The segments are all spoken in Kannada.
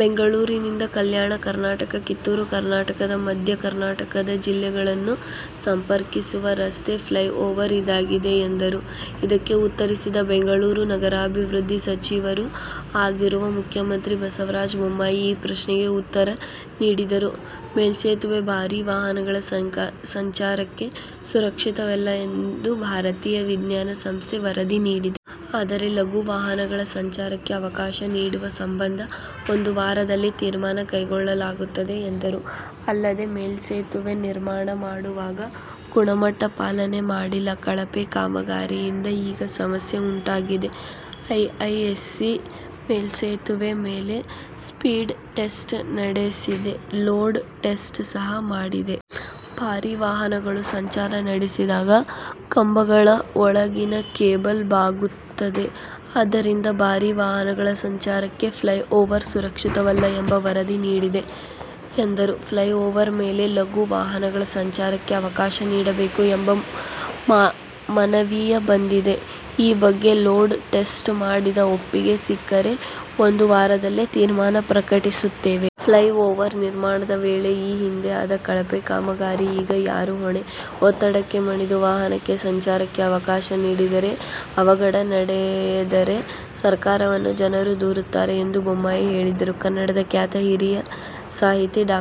ಬೆಂಗಳೂರಿನಿಂದ ಕಲ್ಯಾಣ ಕರ್ನಾಟಕ, ಕಿತ್ತೂರು ಕರ್ನಾಟಕ, ಮಧ್ಯ ಕರ್ನಾಟಕದ ಜಿಲ್ಲೆಗಳನ್ನು ಸಂಪರ್ಕಿಸುವ ರಸ್ತೆಯ ಫ್ಲೈ ಓವರ್ ಇದಾಗಿದೆ ಎಂದರು. ಇದಕ್ಕೆ ಉತ್ತರಿಸಿದ ಬೆಂಗಳೂರು ನಗರಾಭಿವೃದ್ಧಿ ಸಚಿವರೂ ಆಗಿರುವ ಮುಖ್ಯಮಂತ್ರಿ ಬಸವರಾಜ ಬೊಮ್ಮಾಯಿ ಈ ಪ್ರಶ್ನೆಗೆ ಉತ್ತರ ನೀಡಿದರು. "ಮೇಲ್ಸೆತುವೆ ಭಾರೀ ವಾಹನಗಳ ಸಂಚಾರಕ್ಕೆ ಸುರಕ್ಷಿತವಲ್ಲ ಎಂದು ಭಾರತೀಯ ವಿಜ್ಞಾನ ಸಂಸ್ಥೆ ವರದಿ ನೀಡಿದೆ. ಆದರೆ ಲಘು ವಾಹನಗಳ ಸಂಚಾರಕ್ಕೆ ಅವಕಾಶ ನೀಡುವ ಸಂಬಂಧ ಒಂದು ವಾರದಲ್ಲಿ ತೀರ್ಮಾನ ಕೈಗೊಳ್ಳಲಾಗುತ್ತದೆ" ಎಂದರು. ಅಲ್ಲದೆ 'ಮೇಲ್ಸೆತುವೆ ನಿರ್ಮಾಣ ಮಾಡುವಾಗ ಗುಣಮಟ್ಟ ಪಾಲನೆ ಮಾಡಿಲ್ಲ. ಕಳಪೆ ಕಾಮಗಾರಿಯಿಂದ ಈಗ ಸಮಸ್ಯೆ ಉಂಟಾಗಿದೆ. ಐಐಎಸ್ಸಿ ಮೇಲ್ಸೆತುವೆ ಮೇಲೆ ಸ್ಪೀಡ್ ಟೆಸ್ಟ್ ನಡೆಸಿದೆ, ಲೋಡ್ ಟೆಸ್ಟ್ ಸಹ ಮಾಡಿದೆ. ಭಾರೀ ವಾಹನಗಳು ಸಂಚಾರ ನಡೆಸಿದಾಗ ಕಂಬಗಳ ಒಳಗಿನ ಕೇಬಲ್ ಬಾಗುತ್ತದೆ. ಆದ್ದರಿಂದ ಭಾರೀ ವಾಹನಗಳ ಸಂಚಾರಕ್ಕೆ ಫ್ಲೈ ಓವರ್ ಸುರಕ್ಷಿತವಲ್ಲ ಎಂಬ ವರದಿ ನೀಡಿದೆ ಎಂದರು. "ಫ್ಲೈ ಓವರ್ ಮೇಲೆ ಲಘು ವಾಹನಗಳ ಸಂಚಾರಕ್ಕೆ ಅವಕಾಶ ನೀಡಬೇಕು ಎಂಬ ಮನವಿಯೂ ಬಂದಿದೆ. ಈ ಬಗ್ಗೆ ಲೋಡ್ ಟೆಸ್ಟ್ ಮಾಡಿಸಿ ಒಪ್ಪಿಗೆ ಸಿಕ್ಕರೆ ಒಂದು ವಾರದಲ್ಲಿ ತೀರ್ಮಾನ ಪ್ರಕಟಿಸುತ್ತೇವೆ. ಫ್ಲೈ ಓವರ್ ನಿರ್ಮಾಣದ ವೇಳೆ ಈ ಹಿಂದೆ ಆದ ಕಳಪೆ ಕಾಮಗಾರಿಗೆ ಈಗ ಯಾರು ಹೊಣೆ. ಒತ್ತಡಕ್ಕೆ ಮಣಿದು ವಾಹನ ಸಂಚಾರಕ್ಕೆ ಅವಕಾಶ ನೀಡಿದರೆ ಅವಘಡ ನಡೆದರೆ ಸರ್ಕಾರವನ್ನು ಜನರು ದೂರುತ್ತಾರೆ ಎಂದು ಬೊಮ್ಮಾಯಿ ಹೇಳಿದರು. ಕನ್ನಡದ ಖ್ಯಾತ ಹಿರಿಯ ಸಾಹಿತಿ ಡಾ.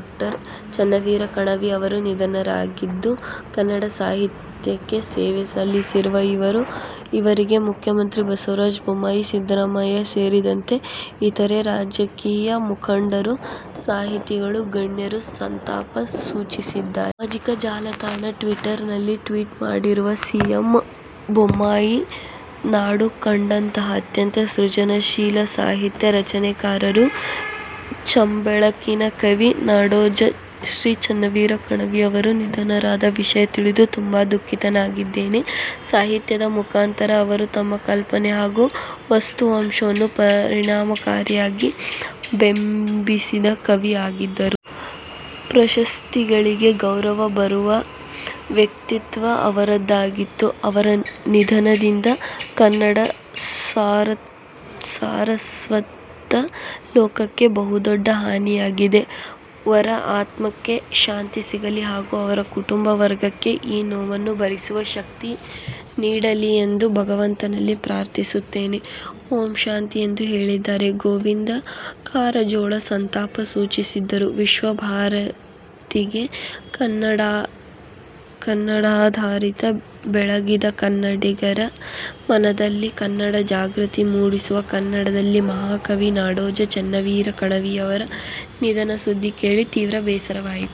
ಚೆನ್ನವೀರ ಕಣವಿ ಅವರು ನಿಧನರಾಗಿದ್ದು, ಕನ್ನಡ ಸಾಹಿತ್ಯಕ್ಕೆ ಸೇವೆ ಸಲ್ಲಿಸಿದ ಇವರಿಗೆ ಮುಖ್ಯಮಂತ್ರಿ ಬಸವರಾಜ ಬೊಮ್ಮಾಯಿ, ಸಿದ್ದರಾಮಯ್ಯ ಸೇರಿದಂತೆ ಇತರೆ ರಾಜಕೀಯ ಮುಖಂಡರು, ಸಾಹಿತಿಗಳು, ಗಣ್ಯರು ಸಂತಾಪ ಸೂಚಿಸಿದ್ದಾರೆ. ಸಾಮಾಜಿಕ ಜಾಲತಾಣ ಟ್ವಿಟರ್ ನಲ್ಲಿ ಟ್ವೀಟ್ ಮಾಡಿರುವ ಸಿಎಂ ಬೊಮ್ಮಾಯಿ, ನಾಡು ಕಂಡಂತಹ ಅತ್ಯಂತ ಸೃಜನಶೀಲ ಸಾಹಿತ್ಯ ರಚನೆಕಾರರು, ಚಂಬೆಳಕಿನ ಕವಿ, ನಾಡೋಜ ಶ್ರೀ ಚೆನ್ನವೀರ ಕಣವಿ ಅವರು ನಿಧನರಾದ ವಿಷಯ ತಿಳಿದು ತುಂಬಾ ದುಃಖಿತನಾಗಿದ್ದೇನೆ. ಸಾಹಿತ್ಯದ ಮುಖಾಂತರ ಅವರು ತಮ್ಮ ಕಲ್ಪನೆ ಹಾಗೂ ವಾಸ್ತವಾಂಶವನ್ನು ಪರಿಣಾಮಕಾರಿಯಾಗಿ ಬಿಂಬಿಸಿದ ಕವಿ ಆಗಿದ್ದರು. ಪ್ರಶಸ್ತಿಗಳಿಗೆ ಗೌರವ ಬರುವ ವ್ಯಕ್ತಿತ್ವ ಅವರದಾಗಿತ್ತು. ಅವರ ನಿಧನದಿಂದ ಕನ್ನಡ ಸಾರಸ್ವತ ಲೋಕಕ್ಕೆ ಬಹುದೊಡ್ಡ ಹಾನಿಯಾಗಿದೆ. ವರ ಆತ್ಮಕ್ಕೆ ಶಾಂತಿ ಸಿಗಲಿ ಹಾಗು ಅವರ ಕುಟುಂಬ ವರ್ಗಕ್ಕೆ ಈ ನೋವನ್ನು ಭರಿಸುವ ಶಕ್ತಿ ನೀಡಲಿಯೆಂದು ಭಗವಂತನಲ್ಲಿ ಪ್ರಾರ್ಥಿಸುತ್ತೇನೆ. ಓಂ ಶಾಂತಿಃ ಎಂದು ಹೇಳಿದ್ದಾರೆ. ಗೋವಿಂದ ಕಾರಜೋಳ ಸಂತಾಪ ಸೂಚಿಸಿದ್ದು, ವಿಶ್ವ ಭಾರತಿಗೆ ಕನ್ನಡಧಾರತಿ ಬೆಳಗಿದ ಕನ್ನಡಿಗರ ಮನದಲ್ಲಿ ಕನ್ನಡ ಜಾಗೃತಿ ಮೂಡಿಸಿದ ಕನ್ನಡದ ಮಹಾಕವಿ ನಾಡೋಜ ಚೆನ್ನವೀರ ಕಣವಿಯವರ ನಿಧನದ ಸುದ್ಧಿ ಕೇಳಿ ತೀವ್ರ ಬೇಸರವಾಯಿತು.